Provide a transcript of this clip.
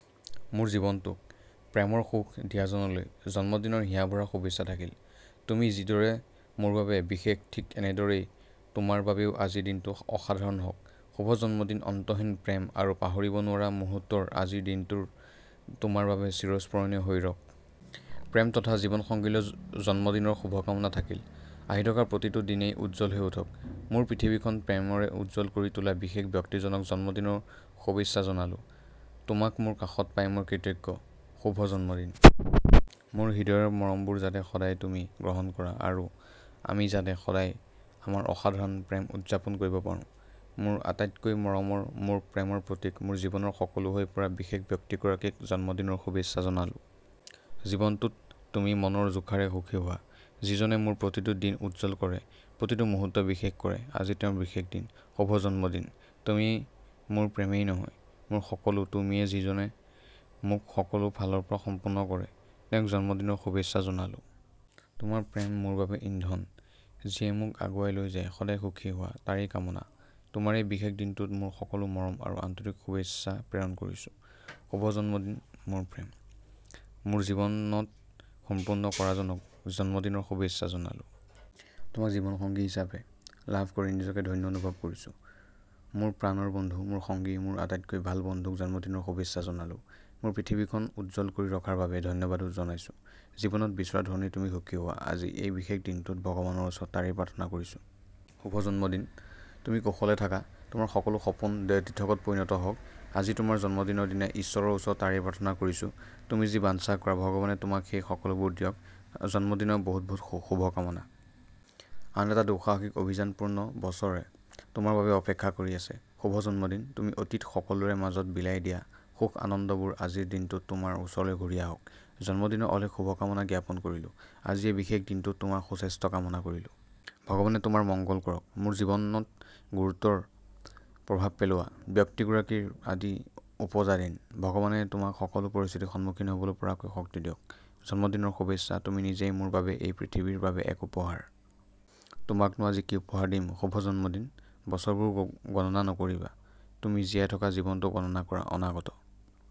মোৰ জীৱনটোক প্ৰেমৰ সুখ দিয়াজনলৈ জন্মদিনৰ হিয়াভৰা শুভেচ্ছা থাকিল। তুমি যিদৰে মোৰ বাবে বিশেষ, ঠিক একেদৰেই তোমাৰ বাবেও আজিৰ দিনটো অসাধাৰণ হওঁক। শুভ জন্মদিন। অন্তহীন প্ৰেম আৰু পাহৰিব নোৱাৰা মুহূৰ্তৰে আজিৰ দিনটো তোমাৰ বাবে চিৰস্মৰণীয় হৈ ৰওঁক। প্ৰেম তথা জীৱন সংগীলৈ জন্মদিনৰ শুভকামনা থাকিল। আহি থকা প্ৰতিটো দিনেই উজ্জ্বল হৈ উঠক। মোৰ পৃথিৱীখন প্ৰেমেৰে উজ্জ্বল কৰি তোলা বিশেষ ব্যক্তিজনক জন্মদিনৰ শুভেচ্ছা জনালো। তোমাক মোৰ কাষত পাই মই কৃতজ্ঞ। শুভ জন্মদিন। মোৰ হৃদয়ৰ মৰমবোৰ যাতে সদায়েই তুমি গ্ৰহণ কৰা আৰু আমি যাতে সদায়েই আমাৰ অসাধাৰণ প্ৰেম উদযাপন কৰিব পাৰো। মোৰ আটাইতকৈ মৰমৰ, মোৰ প্ৰেমৰ প্ৰতীক, মোৰ জীৱনৰ সকলো হৈ পৰা বিশেষ ব্যক্তিগৰাকীক জন্মদিনৰ শুভেচ্ছা জনালো। জীৱনটোত তুমি মনৰ জোখাৰে সুখী হোৱা। যিজনে মোৰ প্ৰতিটো দিন উজ্জ্বল কৰে, প্ৰতিটো মুহূৰ্ত বিশেষ কৰে, আজি তেওঁৰ বিশেষ দিন। শুভ জন্মদিন! তুমি মোৰ প্ৰেমেই নহয়, মোৰ সকলো তুমিয়েই। যিজনে মোক সকলো ফালৰ পৰাই সম্পূৰ্ণ কৰে, তেওঁক জন্মদিনৰ শুভেচ্ছা জনালো। তোমাৰ প্ৰেম মোৰ বাবে ইন্ধন, যিয়ে মোক আগুৱাই লৈ যায়। সদায় সুখী হোৱা, তাৰেই কামনা। তোমাৰ এই বিশেষ দিনটোত মোৰ সকলো মৰম আৰু আন্তৰিক শুভেচ্ছা প্ৰেৰণ কৰিছো। শুভ জন্মদিন, মোৰ প্ৰেম! মোৰ জীৱনটো সম্পূৰ্ণ কৰাজনক জন্মদিনৰ শুভেচ্ছা জনালো। তোমাক জীৱন সংগী হিচাপে লাভ কৰি নিজকে ধন্য অনুভৱ কৰিছো। মোৰ প্ৰাণৰ বন্ধু, মোৰ সংগী আৰু মোৰ আটাইতকৈ ভাল বন্ধুক জন্মদিনৰ শুভেচ্ছা জনালো। মোৰ পৃথিৱীখন উজ্জ্বল কৰি ৰখাৰ বাবে ধন্যবাদো জনাইছো। জীৱনত বিচৰা ধৰণৰেই তুমি সুখী হোৱা, আজি এই বিশেষ দিনটোত ভগৱানৰ ওচৰত তাৰেই প্ৰাৰ্থনা কৰিছো। শুভ জন্মদিন! তুমি কুশলে থাকা। তোমাৰ সকলো সপোন দিঠকত পৰিণত হওঁক। আজি তোমাৰ জন্মদিনৰ দিনাই ইশ্বৰৰ ওচৰত তাৰেই প্ৰাৰ্থনা কৰিছো। তুমি যি বাঞ্চা কৰা, ভগৱানে তোমাক সেই সকলোবোৰ দিয়ক। জন্মদিনৰ বহুত বহুত শুভকামনা। আন এটা দুঃসাহসিক অভিযানপূৰ্ণ বছৰে তোমাৰ বাবে অপেক্ষা কৰি আছে। শুভ জন্মদিন। তুমি অতীতত সকলোৰে মাজত বিলাই দিয়া সুখ-আনন্দবোৰ আজিৰ দিনটোত তোমাৰ ওচৰলৈ ঘূৰি আহক। জন্মদিনৰ অলেখ শুভকামনা জ্ঞাপন কৰিলো। আজিৰ এই বিশেষ দিনটোত তোমাৰ সুস্বাস্থ্য কামনা কৰিলো। ভগৱানে তোমাৰ মংগল কৰক। মোৰ জীৱনত গুৰুতৰ প্ৰভাৱ পেলোৱা ব্যক্তিগৰাকীৰ আদি ওপজা দিন। ভগৱানে তোমাক সকলো পৰিস্থিতিৰ সন্মুখীন হ'ব পৰাকৈ শক্তি দিয়ক। জন্মদিনৰ শুভেচ্ছা! তুমি নিজেই মোৰ বাবে আৰু এই পৃথিৱীৰ বাবে এক উপহাৰ। তোমাকনো আজি কি উপহাৰ দিম! শুভ জন্মদিন। বছৰবোৰ গণনা নকৰিবা, তুমি জীয়াই থকা জীৱনটো গণনা কৰা। অনাগত